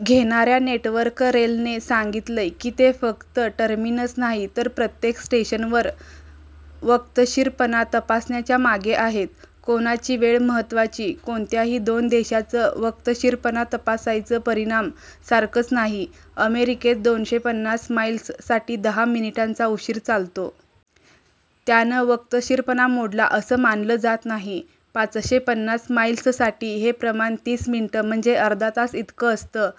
घेणाऱ्या नेटवर्क रेलने सांगितलं की, ते फक्त टर्मिनस नाही तर प्रत्येक स्टेशनवर वक्तशीरपणा तपासण्याच्या मागे आहेत. कोणाची वेळ महत्त्वाची? कोणत्याही दोन देशांचं वक्तशीरपणा तपासायचं परिमाण सारखं नाही. अमेरिकेत दोनशे पन्नास माईल्स साठी दहा मिनिटांचा उशीर चालतो. त्यानं वक्तशीरपणा मोडला असं मानलं जात नाही. पाचशे पन्नास माईल्ससाठी हे प्रमाण तीस मिनिटं म्हणजे अर्धा तास इतकं असतं.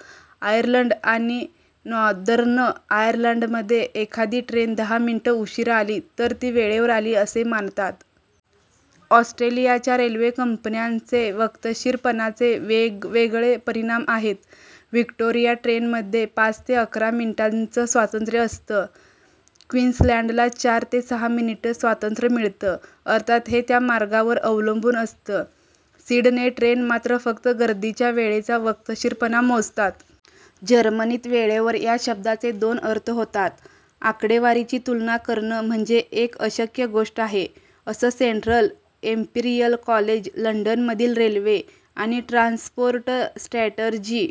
आयर्लंड आणि नॉर्दर्न आर्यर्लंडमध्ये एखादी ट्रेन दहा मिनिटं उशीरा आली तर ती वेळेवर आली असे मानतात. ऑस्ट्रेलियाच्या रेल्वे कंपन्यांचे वक्तशीरपणाचे वेगवेगळे परिमाण आहेत. व्हिक्टोरिया ट्रेनमध्ये पाच ते अकरा मिनिटांचं स्वातंत्र्य असतं. क्वीन्सलँडला चार ते सहा मिनिटं स्वातंत्र्य मिळतं. अर्थात हे त्या मार्गावर अवलंबून असतं. सिडने ट्रेन मात्र फक्त गर्दीच्या वेळेचा वक्तशीरपणा मोजतात. जर्मनीत वेळेवर या शब्दाचे दोन अर्थ होतात. आकडेवारीची तुलना करणं म्हणजे एक अशक्य गोष्ट आहे, असं सेंट्रल एम्पिरियल कॉलेज लंडनमधील रेल्वे आणि ट्रान्सपोर्ट स्ट्रॅटेजी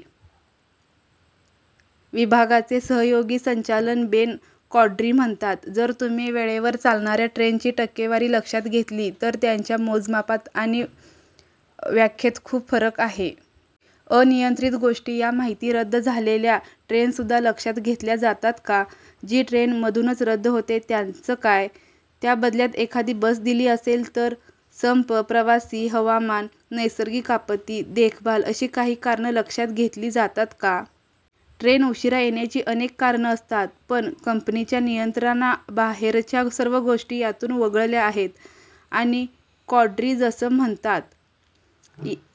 विभागाचे सहयोगी संचालक बेन कॉड्री म्हणतात. जर तुम्ही वेळेवर चालणाऱ्या ट्रेनची टक्केवारी लक्षात घेतली, तर त्यांच्या मोजमापात आणि व्याख्येत खूप फरक आहे. अनियंत्रित गोष्टी या माहितीत रद्द झालेल्या ट्रेनसुद्धा लक्षात घेतल्या जातात का? जी ट्रेन मधूनच रद्द होते त्याचं काय? त्या बदल्यात एखादी बस दिली असेल तर? संप, प्रवासी, हवामान, नैसर्गिक आपत्ती, देखभाल अशी काही कारणं लक्षात घेतली जातात का? ट्रेन उशीरा येण्याची अनेक कारणं असतात. पण कंपनीच्या नियंत्रणाबाहेरच्या सर्व गोष्टी यातून वगळल्या आहेत. आणि कॉड्री जसं म्हणतात,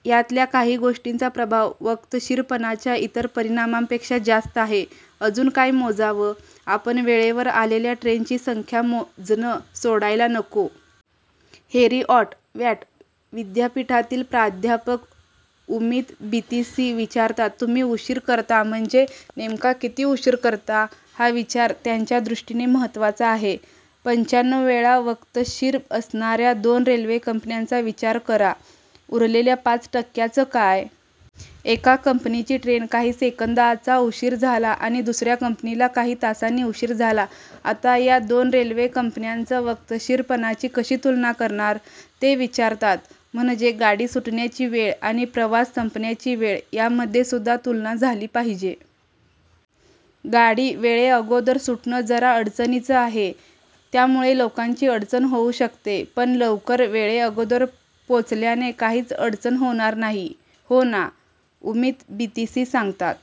यातल्या काही गोष्टींचा प्रभाव वक्तशीरपणाच्या इतर परिमाणांपेक्षा जास्त आहे. अजून काय मोजावं? आपण वेळेवर आलेल्या ट्रेनची संख्या मोजणं सोडायला नको. हेरिऑट वॅट विद्यापीठातील प्राध्यापक उमित बितीसी विचारतात, तुम्ही उशीर करता म्हणजे नेमका किती उशीर करता? हा विचार त्यांच्या दृष्टीने महत्त्वाचा आहे. पंच्याण्णव वेळा वक्तशीर असणाऱ्या दोन रेल्वे कंपन्यांचा विचार करा. उरलेल्या पाच टक्क्याचं काय? एका कंपनीची ट्रेन काही सेकंदाचा उशीर झाला आणि दुसऱ्या कंपनीला काही तासांनी उशीर झाला. आता या दोन रेल्वे कंपन्यांचं वक्तशीरपणाची कशी तुलना करणार? ते विचारतात. म्हणजे गाडी सुटण्याची वेळ आणि प्रवास संपण्याची वेळ यामध्येसुद्धा तुलना झाली पाहिजे. गाडी वेळेअगोदर सुटणं जरा अडचणीचं आहे. त्यामुळे लोकांची अडचण होऊ शकते. पण लवकर वेळेअगोदर पोचल्याने काहीच अडचण होणार नाही, हो ना? उमित बितीसी सांगतात.